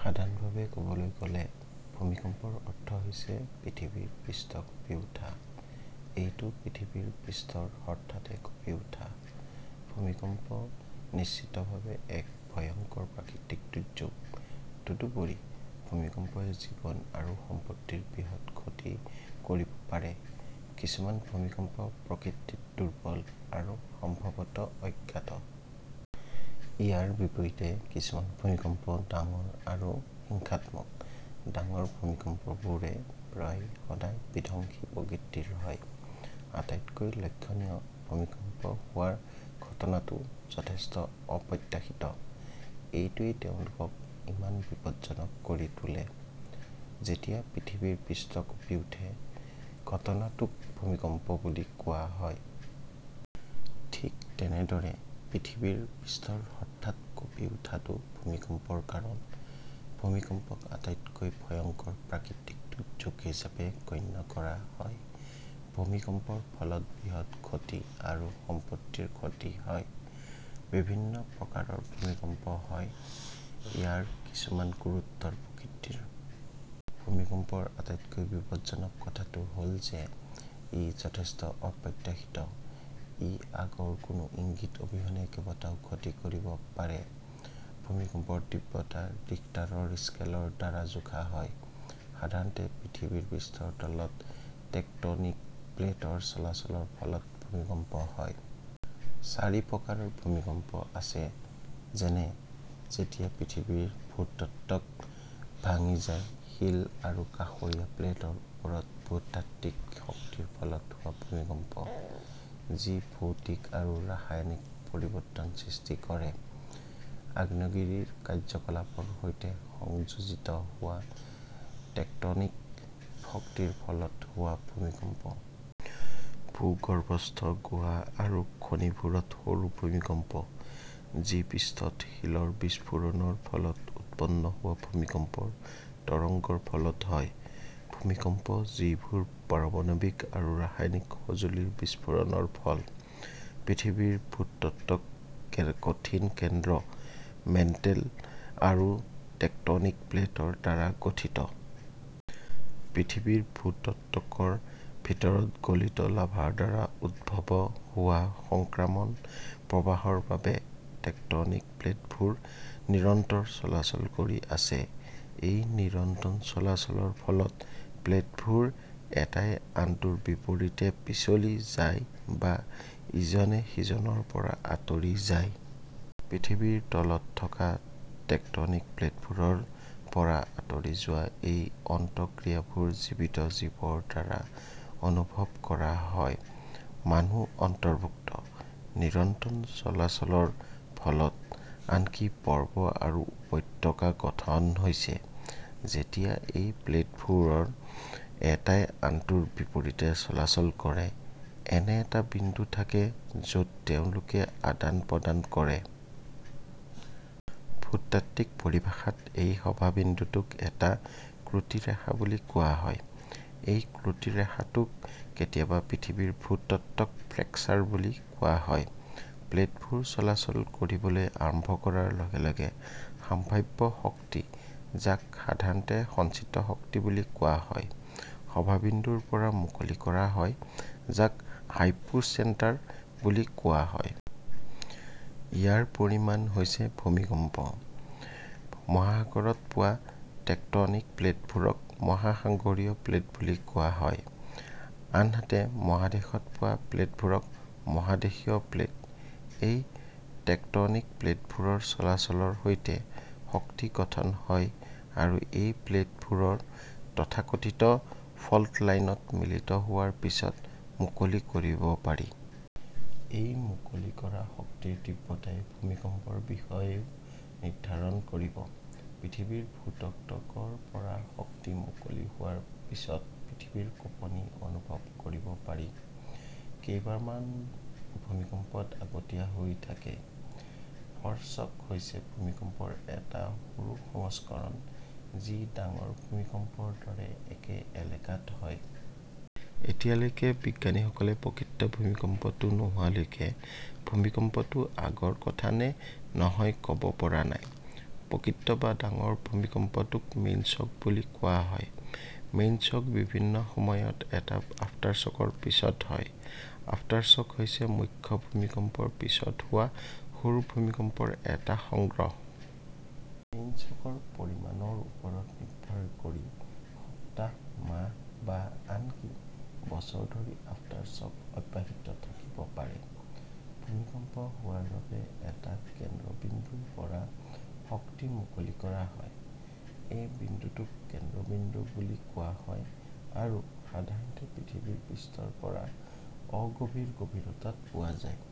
সাধাৰণভাৱে ক'বলৈ গ'লে, ভূমিকম্পৰ অৰ্থ হৈছে পৃথিৱীৰ পৃষ্ঠ কঁপি উঠা। এইটো পৃথিৱীৰ পৃষ্ঠৰ হঠাতে কঁপি উঠা। ভূমিকম্প নিশ্চিতভাৱে এক ভয়ংকৰ প্ৰাকৃতিক দুৰ্যোগ। তদুপৰি, ভূমিকম্পই জীৱন আৰু সম্পত্তিৰ বৃহৎ ক্ষতি কৰিব পাৰে। কিছুমান ভূমিকম্প প্ৰকৃতিত দুৰ্বল আৰু সম্ভৱতঃ অজ্ঞাত। ইয়াৰ বিপৰীতে, কিছুমান ভূমিকম্প ডাঙৰ আৰু হিংসাত্মক। ডাঙৰ ভূমিকম্পবোৰ প্ৰায় সদায় বিধ্বংসী প্ৰকৃতিৰ হয়। আটাইতকৈ লক্ষণীয়, ভূমিকম্প হোৱাৰ ঘটনা টো যথেষ্ট অপ্ৰত্যাশিত। এইটোৱেই তেওঁলোকক ইমান বিপদজনক কৰি তোলে। যেতিয়া পৃথিৱীৰ পৃষ্ঠ কঁপি উঠে, ঘটনাটোক ভূমিকম্প বুলি কোৱা হয়। ঠিক তেনেদৰে, পৃথিৱীৰ পৃষ্ঠৰ হঠাৎ কঁপি উঠাটো ভূমিকম্পৰ কাৰণ। ভূমিকম্পক আটাইতকৈ ভয়ংকৰ প্ৰাকৃতিক দুৰ্যোগ হিচাপে গণ্য কৰা হয়। ভূমিকম্পৰ ফলত বৃহৎ ক্ষতি আৰু সম্পত্তিৰ ক্ষতি হয়। বিভিন্ন প্ৰকাৰৰ ভূমিকম্প হয়। ইয়াৰ কিছুমান গুৰুতৰ প্ৰকৃতিৰ। ভূমিকম্পৰ আটাইতকৈ বিপদজনক কথাটো হ'ল যে ই যথেষ্ট অপ্ৰত্যাশিত। ই আগৰ কোনো ইংগিত অবিহনে কেইবাটাও ক্ষতি কৰিব পাৰে। ভূমিকম্পৰ তীব্ৰতা ৰিখটাৰৰ স্কেলৰ দ্বাৰা জোখা হয়। সাধাৰণতে, পৃথিৱীৰ পৃষ্ঠৰ তলত টেকটনিক প্লেটৰ চলাচলৰ ফলত ভূমিকম্প হয়। চাৰি প্ৰকাৰৰ ভূমিকম্প আছে যেনে – যেতিয়া পৃথিৱীৰ ভূত্বক ভাঙি যায় শিল আৰু কাষৰীয়া প্লেটৰ ওপৰত ভূতাত্ত্বিক শক্তিৰ ফলত হোৱা ভূমিকম্প যি ভৌতিক আৰু ৰাসায়নিক পৰিৱৰ্তনসৃষ্টি কৰে। আগ্নেয়গিৰিৰ কাৰ্যকলাপৰ সৈতে সংযোজিত হোৱা টেকটনিক শক্তিৰ ফলত হোৱা ভূমিকম্প। ভূগৰ্ভস্থ গুহা আৰু খনিবোৰত সৰু ভূমিকম্প যিপৃষ্ঠত শিলৰ বিস্ফোৰণৰ ফলত উৎপন্ন হোৱা ভূমিকম্পৰ তৰংগৰ ফলত হয়। ভূমিকম্প যিবোৰ পাৰমাণৱিক আৰু ৰাসায়নিক সঁজুলিৰ বিস্ফোৰণৰ ফল। পৃথিৱীৰ ভূত্বক কঠিন কেন্দ্ৰ, মেণ্টেল আৰু টেকটনিক প্লেটৰ দ্বাৰা গঠিত। পৃথিৱীৰ ভূত্বকৰ ভিতৰত গলিত লাভাৰ দ্বাৰা উদ্ভৱ হোৱা সংক্ৰমণ প্ৰবাহৰ বাবে টেকটনিক প্লেটবোৰ নিৰন্তৰ চলাচল কৰি আছে। এই নিৰন্তৰ চলাচলৰ ফলত প্লেটবোৰ এটায়ে আনটোৰ বিপৰীতে পিছলি যায় বা ইজনে সিজনৰ পৰা আঁতৰি যায়। পৃথিৱীৰ তলত থকা টেকটনিক প্লেটবোৰৰ পৰা আঁতৰি যোৱা এই আন্তঃক্ৰিয়াবোৰ জীৱিত জীৱৰ দ্বাৰা অনুভৱ কৰা হয়, মানুহ অন্তৰ্ভুক্ত। নিৰন্তৰ চলাচলৰ ফলত আনকি পৰ্বত আৰু উপত্যকা গঠন হৈছে। যেতিয়া এই প্লেটবোৰ এটাই আনটোৰ বিপৰীতে চলাচল কৰে, এনে এটা বিন্দু থাকে য'ত তেওঁলোকে আদান-প্ৰদান কৰে। ভূতাত্ত্বিক পৰিভাষাত, এই সভাবিন্দুটোক এটা ত্ৰুটি ৰেখা বুলি কোৱা হয়। এই ত্ৰুটি ৰেখাটোক কেতিয়াবা পৃথিৱীৰ ভূত্বকত ফ্ৰেকচাৰ বুলি কোৱা হয়। প্লেটবোৰ চলাচল কৰিবলৈ আৰম্ভ কৰাৰ লগে লগে, সাম্ভাব্য শক্তি, যাক সাধাৰণতে সঞ্চিত শক্তি বুলি কোৱা হয়, সভাবিন্দুৰ পৰা মুকলি কৰা হয়, যাক হাইপোচেণ্টাৰ বুলি কোৱা হয়। ইয়াৰ পৰিণাম হৈছে ভূমিকম্প। মহাসাগৰত পোৱা টেকটনিক প্লেটবোৰক মহাসাগৰীয় প্লেট বুলি কোৱা হয় আনহাতে মহাদেশত পোৱা প্লেটবোৰ মহাদেশীয় প্লেট। এই টেকটনিক প্লেটবোৰৰ চলাচলৰ সৈতে, শক্তি গঠন হয় আৰু এই প্লেটবোৰ তথাকথিত ফল্ট লাইনত মিলিত হোৱাৰ পিছত মুকলি কৰিব পাৰি। এই মুকলি কৰা শক্তিৰ তীব্ৰতাই ভূমিকম্পৰ বিষয়েও নিৰ্ধাৰণ কৰিব। পৃথিৱীৰ ভূত্বকৰ পৰা শক্তি মুকলি হোৱাৰ পিছত পৃথিৱীৰ কঁপনি অনুভৱ কৰিব পাৰি। কেইবাৰমান ভূমিকম্পত আগতীয়া কৈ থাকে। ফ'ৰশ্বক হৈছে ভূমিকম্পৰ এটা সৰু সংস্কৰণ যি ডাঙৰ ভূমিকম্পৰ দৰে একে এলেকাত হয়। এতিয়ালৈকে, বিজ্ঞানীসকলে প্ৰকৃত ভূমিকম্প নোহোৱালৈকে ভূমিকম্প টো আগৰ কথা নে নহয় ক'ব পৰা নাই। প্ৰকৃত বা ডাঙৰ ভূমিকম্পক মেইনশ্বক বুলি কোৱা হয়। মেইনশ্বক, বিভিন্ন সময়ত, এটা আফটাৰশ্বকৰ পিছত হয়। আফটাৰশ্বক হৈছে মুখ্য ভূমিকম্পৰ পিছত হোৱা সৰু ভূমিকম্পৰ এক সংগ্ৰহ। মেইনশ্বকৰ পৰিমাণৰ ওপৰত নিৰ্ভৰ কৰি, সপ্তাহ, মাহ বা আনকি বছৰধৰি আফটাৰশ্বক অব্যাহত থাকিব পাৰে। ভূমিকম্প হোৱাৰ বাবে, এক কেন্দ্ৰবিন্দুৰ পৰা শক্তি মুকলি কৰা হয়। এই বিন্দুটোক কেন্দ্ৰবিন্দু বুলি কোৱা হয় আৰু সাধাৰণতে পৃথিৱীৰ পৃষ্ঠৰ পৰা অগভীৰ গভীৰতাত পোৱা যায়।